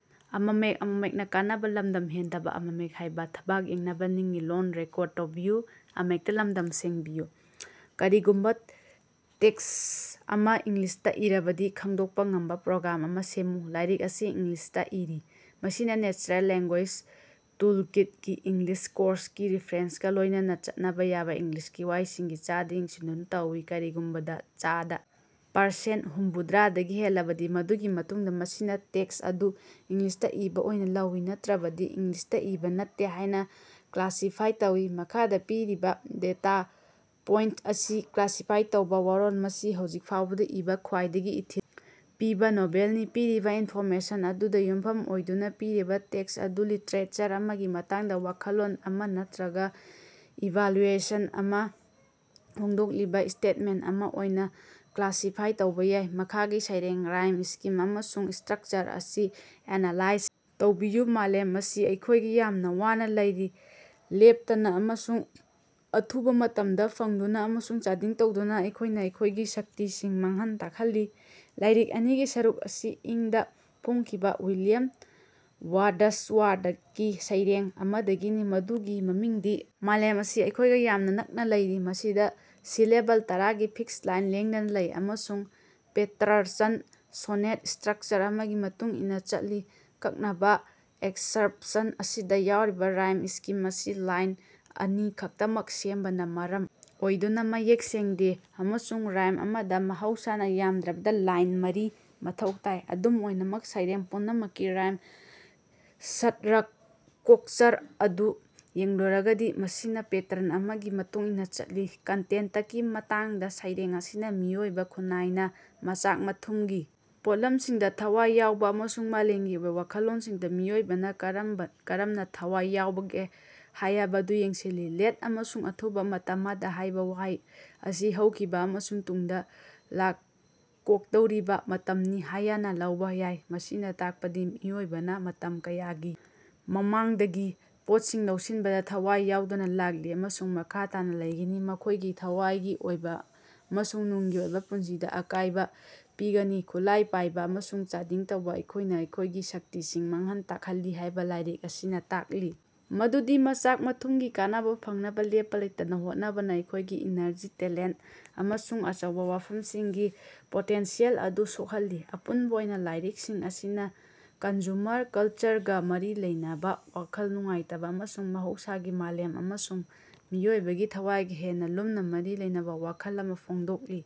ꯀꯔꯤꯒꯨꯝꯕ ꯇꯦꯛ꯭ꯁꯠ ꯑꯃ ꯏꯪꯂꯤꯁꯇ ꯏꯔꯕꯗꯤ ꯈꯡꯗꯣꯛꯄ ꯉꯝꯕ ꯄ꯭ꯔꯣꯒ꯭ꯔꯥꯝ ꯑꯃ ꯁꯦꯝꯃꯨ꯫ ꯂꯥꯏꯔꯤꯛ ꯑꯁꯤ ꯏꯪꯂꯤꯁꯇ ꯏꯔꯤ꯫ ꯃꯁꯤꯅ ꯅꯦꯆꯔꯦꯜ ꯂꯦꯡꯒꯣꯏ꯭ꯁ ꯇꯨꯜ ꯀꯤꯠ ꯒꯤ ꯏꯪꯂꯤꯁ ꯀꯣꯔ꯭ꯁꯀꯤ ꯔꯤꯐ꯭ꯔꯦꯟꯁꯀꯥ ꯂꯣꯏꯅꯅ ꯆꯠꯅꯕ ꯌꯥꯕ ꯏꯪꯂꯤꯁꯀꯤ ꯋꯥꯍꯩꯁꯤꯡꯒꯤ ꯆꯥꯗ ꯌꯦꯡꯁꯤꯟꯗꯨꯅ ꯇꯧꯏ꯫ ꯀꯔꯤꯒꯨꯝꯕ ꯆꯥꯗ ꯄꯔꯁꯦꯟ ꯍꯨꯝꯐꯨꯗ꯭ꯔꯥꯗꯒꯤ ꯍꯦꯜꯂꯕꯗꯤ ꯃꯗꯨꯒꯤ ꯃꯇꯨꯡꯗ ꯃꯁꯤꯅ ꯇꯦꯛꯁ꯭ꯠ ꯑꯗꯨ ꯏꯪꯂꯤꯁꯇ‌ ꯏꯕꯥ ꯑꯣꯏꯅ ꯂꯧꯏ, ꯅꯠꯇꯔꯕꯗꯤ ꯏꯪꯂꯤꯁꯇ ꯏꯕꯥ ꯅꯠꯇꯦ ꯍꯥꯏꯅ ꯀ꯭ꯂꯥꯁꯤꯐꯥꯏ ꯇꯧꯏ꯫ ꯃꯈꯥꯗ ꯄꯤꯔꯤꯕ ꯗꯦꯇꯥ ꯄꯣꯏꯟꯇ ꯑꯁꯤ ꯀ꯭ꯂꯥꯁꯤꯐꯥꯏ ꯇꯧꯕ꯫ ꯋꯥꯔꯣꯜ ꯃꯁꯤ ꯍꯧꯖꯤꯛ ꯐꯥꯎꯕꯗ‌ ꯏꯕꯥ ꯈ꯭ꯋꯥꯏꯗꯒꯤ ꯏꯊꯤꯜ ꯄꯤꯕ ꯅꯣꯚꯦꯜꯅꯤ꯫ ꯄꯤꯔꯤꯕ ꯏꯟꯐꯣꯔꯃꯦꯁꯟ ꯑꯗꯨꯗ ꯌꯨꯝꯐꯝ ꯑꯣꯏꯗꯨꯅ ꯄꯤꯔꯤꯕ ꯇꯦꯛꯁ꯭ꯠ ꯑꯗꯨ ꯂꯤꯇꯔꯦꯆꯔ ꯑꯃꯒꯤ ꯃꯇꯥꯡꯗ ꯋꯥꯈꯜꯂꯣꯟ ꯑꯃ ꯅꯠꯇꯔꯒ ꯏꯚꯥꯂ꯭ꯌꯨꯑꯦꯁꯟ ꯑꯃ ꯐꯣꯡꯗꯣꯛꯂꯤꯕ ꯁ꯭ꯇꯦꯠꯃꯦꯟꯇ ꯑꯃ ꯑꯣꯏꯅ ꯀ꯭ꯂꯥꯁꯤꯐꯥꯏ ꯇꯧꯕ ꯌꯥꯏ꯫ ꯃꯈꯥꯒꯤ ꯁꯩꯔꯦꯡ, ꯔꯥꯏꯝ ꯁ꯭ꯀꯤꯝ ꯑꯃꯁꯨꯡ ꯁ꯭ꯇꯔꯛꯆꯔ ꯑꯁꯤ ꯑꯦꯅꯥꯂꯥꯏꯖ ꯇꯧꯕꯤꯌꯨ꯫ ꯃꯥꯂꯦꯝ ꯑꯁꯤ ꯑꯩꯈꯣꯏꯒ ꯌꯥꯝꯅ ꯋꯥꯅ ꯂꯩꯔꯤ ꯂꯦꯞꯇꯅ ꯑꯃꯁꯨꯡ ꯑꯊꯨꯕ ꯃꯇꯝꯗ ꯐꯪꯗꯨꯅ ꯑꯃꯁꯨꯡ ꯆꯥꯗꯤꯡ ꯇꯧꯗꯨꯅ ꯑꯩꯈꯣꯏꯅ ꯑꯩꯈꯣꯏꯒꯤ ꯁꯛꯇꯤꯁꯤꯡ ꯃꯥꯡꯍꯟ ꯇꯥꯛꯍꯜꯂꯤ꯫ ꯂꯥꯏꯔꯤꯛ ꯑꯅꯤꯒꯤ ꯁꯔꯨꯛ ꯑꯁꯤ ꯏꯪ ꯗꯥ ꯐꯣꯡꯈꯤꯕ ꯋꯤꯂꯤꯌꯝ ꯋꯥꯔꯗ꯭ꯁꯋꯔꯗꯀꯤ ꯁꯩꯔꯦꯡ ꯑꯃꯗꯒꯤꯅꯤ, ꯃꯗꯨꯒꯤ ꯃꯃꯤꯡꯗꯤ ꯃꯥꯂꯦꯝ ꯑꯁꯤ ꯑꯩꯈꯣꯏꯒ ꯌꯥꯝꯅ ꯅꯛꯅ ꯂꯩꯔꯤ꯫ ꯃꯁꯤꯗ ꯁꯤꯂꯦꯕꯜ ꯇꯔꯥꯒꯤ ꯐꯤꯛꯁ ꯂꯥꯏꯟ ꯂꯦꯡꯗꯅ ꯂꯩ ꯑꯃꯁꯨꯡ ꯄꯦꯇ꯭ꯔꯥꯔꯆꯟ ꯁꯣꯅꯦꯠ ꯁ꯭ꯇꯔꯛꯆꯔ ꯑꯃꯒꯤ ꯃꯇꯨꯡ ꯏꯟꯅ ꯆꯠꯂꯤ꯫ ꯑꯀꯛꯅꯕ ꯑꯦꯛꯁꯔꯞꯁꯟ ꯑꯁꯤꯗ ꯌꯥꯎꯔꯤꯕ ꯔꯥꯏꯝ ꯁ꯭ꯀꯤꯝ ꯑꯁꯤ ꯂꯥꯏꯟ ꯑꯅꯤ ꯈꯛꯇꯃꯛ ꯁꯦꯝꯕꯅ ꯃꯔꯝ ꯑꯣꯏꯗꯨꯅ ꯃꯌꯦꯛ ꯁꯦꯡꯗꯦ, ꯑꯃꯁꯨꯡ ꯔꯥꯏꯝ ꯑꯃꯗ ꯃꯍꯧꯁꯥꯅ ꯌꯥꯝꯗ꯭ꯔꯕꯗ‌ ꯂꯥꯏꯟ ꯃꯔꯤ ꯃꯊꯧ ꯇꯥꯏ꯫ ꯑꯗꯨꯝ ꯑꯣꯏꯅꯃꯛ, ꯁꯩꯔꯦꯡ ꯄꯨꯝꯅꯃꯛꯀꯤ ꯔꯥꯏꯝ ꯁꯠꯔꯛꯀꯆꯔ ꯑꯗꯨ ꯌꯦꯡꯂꯨꯔꯒꯗꯤ ꯃꯁꯤꯅ ꯄꯦꯇ꯭ꯔꯟ ꯑꯃꯒꯤ ꯃꯇꯨꯡ ꯏꯟꯅ ꯆꯠꯂꯤ꯫ ꯀꯟꯇꯦꯟꯇꯀꯤ ꯃꯇꯥꯡꯗ ꯁꯩꯔꯦꯡ ꯑꯁꯤꯅ ꯃꯤꯑꯣꯏꯕ ꯈꯨꯟꯅꯥꯏꯅ ꯃꯆꯥꯛ-ꯃꯊꯨꯝꯒꯤ ꯄꯣꯠꯂꯝꯁꯤꯡꯗ ꯊꯋꯥꯏ ꯌꯥꯎꯕ ꯑꯃꯁꯨꯡ ꯃꯥꯂꯦꯝꯒꯤ ꯑꯣꯏꯕ ꯋꯥꯈꯜꯂꯣꯟꯁꯤꯡꯗ ꯃꯤꯑꯣꯏꯕꯅ ꯀꯔꯝꯅ ꯊꯋꯥꯏ ꯌꯥꯎꯕꯒꯦ ꯍꯥꯌꯕꯗꯨ ꯌꯦꯡꯁꯤꯜꯂꯤ꯫ ꯂꯦꯠ ꯑꯃꯁꯨꯡ ꯑꯊꯨꯕꯥ ꯃꯇꯃꯗ ꯍꯥꯏꯕ ꯋꯥꯍꯩ ꯑꯁꯤ ꯍꯧꯈꯤꯕ ꯑꯃꯁꯨꯡ ꯇꯨꯡꯗ ꯂꯥꯛꯀꯣꯗꯧꯔꯤꯕ ꯃꯇꯝꯅꯤ ꯍꯥꯌꯅ ꯂꯧꯕ ꯌꯥꯏ, ꯃꯁꯤꯅ ꯇꯥꯛꯄꯗꯤ ꯃꯤꯑꯣꯏꯕꯅ ꯃꯇꯝ ꯀꯌꯥꯒꯤ ꯃꯃꯥꯡꯗꯒꯤ ꯄꯣꯠꯁꯤꯡ ꯂꯧꯁꯤꯟꯕꯗ ꯊꯋꯥꯏ ꯌꯥꯎꯗꯨꯅ ꯂꯥꯛꯂꯤ ꯑꯃꯁꯨꯡ ꯃꯈꯥ ꯇꯥꯅ ꯂꯩꯒꯅꯤ, ꯃꯈꯣꯏꯒꯤ ꯊꯋꯥꯏꯒꯤ ꯑꯣꯏꯕ ꯑꯃꯁꯨꯡ ꯅꯨꯡꯒꯤ ꯑꯣꯏꯕ ꯄꯨꯟꯁꯤꯗ ꯑꯀꯥꯏꯕ ꯄꯤꯒꯅꯤ꯫ ꯈꯨꯠꯂꯥꯏ ꯄꯥꯏꯕ ꯑꯃꯁꯨꯡ ꯆꯥꯗꯤꯡ ꯇꯧꯕ ,ꯑꯩꯈꯣꯏꯅ ꯑꯩꯈꯣꯏꯒꯤ ꯁꯛꯇꯤꯁꯤꯡ ꯃꯥꯡꯍꯟ ꯇꯥꯛꯍꯜꯂꯤ ꯍꯥꯏꯕ ꯂꯥꯏꯔꯤꯛ ꯑꯁꯤꯅ ꯇꯥꯛꯂꯤ ꯃꯗꯨꯗꯤ ꯃꯆꯥꯛ-ꯃꯊꯨꯝꯒꯤ ꯀꯥꯟꯅꯕ ꯐꯪꯅꯕ ꯂꯦꯞꯄ ꯂꯩꯇꯅ ꯍꯣꯠꯅꯕꯅ ꯑꯩꯈꯣꯏꯒꯤ ꯏꯅꯔꯖꯤ, ꯇꯦꯂꯦꯟꯇ ꯑꯃꯁꯨꯡ ꯑꯆꯧꯕ ꯋꯥꯐꯝꯁꯤꯡꯒꯤ ꯄꯣꯇꯦꯟꯁꯤꯌꯦꯜ ꯑꯗꯨ ꯁꯣꯛꯍꯜꯂꯤ꯫ ꯑꯄꯨꯟꯕ ꯑꯣꯏꯅ ꯂꯥꯏꯔꯤꯛꯁꯤꯡ ꯑꯁꯤꯅ ꯀꯟꯖꯨꯃꯔ ꯀꯜꯆꯔꯒ ꯃꯔꯤ ꯂꯩꯅꯕ ꯋꯥꯈꯜ ꯅꯨꯡꯉꯥꯏꯇꯕ ꯑꯃꯁꯨꯡ ꯃꯍꯧꯁꯥꯒꯤ ꯃꯥꯂꯦꯝ ꯑꯃꯁꯨꯡ ꯃꯤꯑꯣꯏꯕꯒꯤ ꯊꯋꯥꯏꯒ ꯍꯦꯟꯅ ꯂꯨꯝꯅ ꯃꯔꯤ ꯂꯩꯅꯕ ꯋꯥꯈꯜ ꯑꯃ ꯐꯣꯡꯗꯣꯛꯂꯤ꯫